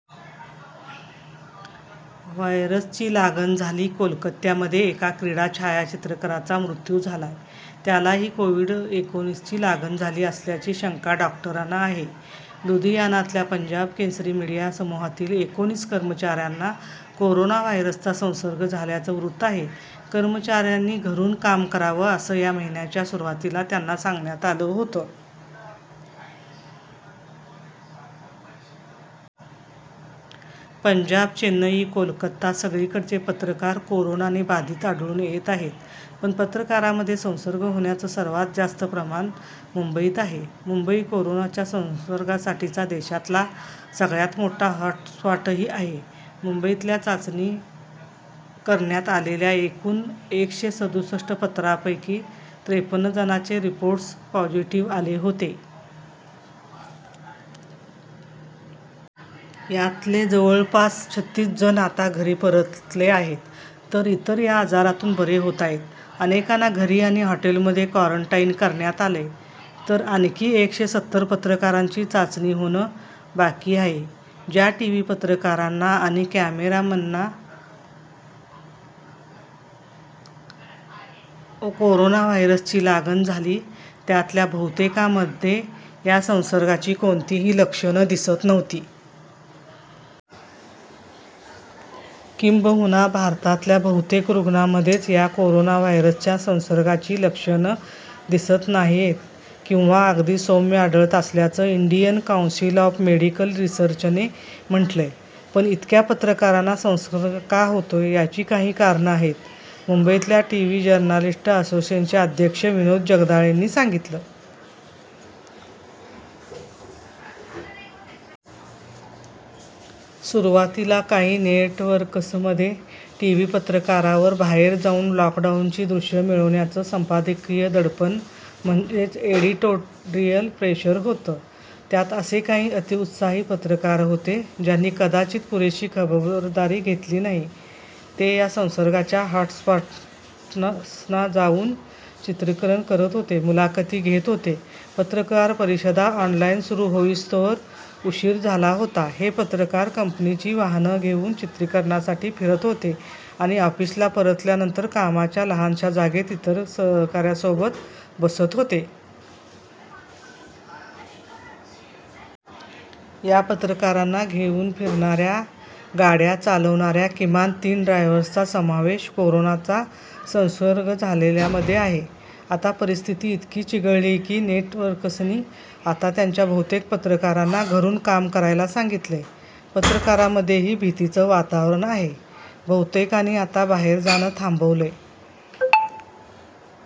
व्हायरसची लागण झाली कोलकात्यामध्ये एका क्रीडा छायाचित्रकाराचा मृत्यू झालाय. त्यालाही कोव्हिड एकोणीसची लागण झाली असल्याची शंका डॉक्टरांना आहे. लुधियानातल्या पंजाब केसरी मीडिया समूहातील एकोणीस कर्मचाऱ्यांना कोरोना व्हायरसचा संसर्ग झाल्याचं वृत्त आहे. कर्मचाऱ्यांनी घरून काम करावं, असं या महिन्याच्या सुरुवातीला त्यांना सांगण्यात आलं होतं. पंजाब, चेन्नई, कोलकाता, सगळीकडचे पत्रकार कोरोनाने बाधित आढळून येत आहेत. पण पत्रकारांमध्ये संसर्ग होण्याचं सर्वात जास्त प्रमाण मुंबईत आहे. मुंबई कोरोनाच्या संसर्गासाठीचा देशातला सगळ्यात मोठा हॉटस्पॉटही आहे. मुंबईतल्या चाचणी करण्यात आलेल्या एकूण एकशे सदुसष्ट पत्रकारांपैकी त्रेपन्न जणांचे रिपोर्ट्स पॉझिटिव्ह आले होते. यातले जवळपास छत्तीस जण आता घरी परतले आहेत. तर इतर या आजारातून बरे होतायत. अनेकांना घरी आणि हॉटेलमध्ये क्वारंटाईन करण्यात आलंय, तर आणखी एकशे सत्तर पत्रकारांची चाचणी होणं बाकी आहे. ज्या टीव्ही पत्रकार आणि कॅमेरामनना कोरोना व्हायरसची लागण झाली, त्यातल्या बहुतेकांमध्ये या संसर्गाची कोणतीही लक्षणं दिसत नव्हती. किंबहुना भारतातल्या बहुतेक रुग्णांमध्येच या कोरोना व्हायरसच्या संसर्गाची लक्षणं दिसत नाहीयेत किंवा अगदी सौम्य आढळत असल्याचं इंडियन काऊन्सिल ऑफ मेडिकल रिसर्चने म्हटलंय. पण इतक्या पत्रकारांना संसर्ग का होतोय? याची काही कारणं आहेत, मुंबईतल्या टीव्ही जर्नलिस्ट असोसिएशनचे अध्यक्ष विनोद जगदाळेंनी सांगितलं. सुरुवातीला काही नेटवर्क्समध्ये टीव्ही पत्रकारांवर बाहेर जाऊन लॉकडाऊनची दृश्यं मिळवण्याचं संपादकीय दडपण म्हणजेच एडिटोरियल प्रेशर होतं. त्यात असे काही अतिउत्साही पत्रकार होते, ज्यांनी कदाचित पुरेशी खबरदारी घेतली नाही. ते या संसर्गाच्या हॉटस्पॉट्सना जाऊन चित्रीकरण करत होते, मुलाखती घेत होते, पत्रकार परिषदा ऑनलाईन सुरू होईस्तोवर उशीर झाला होता हे पत्रकार कंपनीची वाहनं घेऊन चित्रीकरणासाठी फिरत होते आणि ऑफिसला परतल्यानंतर कामाच्या लहानशा जागेत इतर सहकाऱ्यांसोबत बसत होते. या पत्रकारांना घेऊन फिरणाऱ्या गाड्या चालवणाऱ्या किमान तीन ड्रायव्हर्सचा समावेश कोरोनाचा संसर्ग झालेल्यांमध्ये आहे. आता परिस्थिती इतकी चिघळळीय की, नेटवर्क्सनी आता त्यांच्या बहुतेक पत्रकारांना घरून काम करायला सांगितलंय. पत्रकारांमध्येही भीतीचं वातावरण आहे. बहुतेकांनी आता बाहेर जाणं थांबवलंय.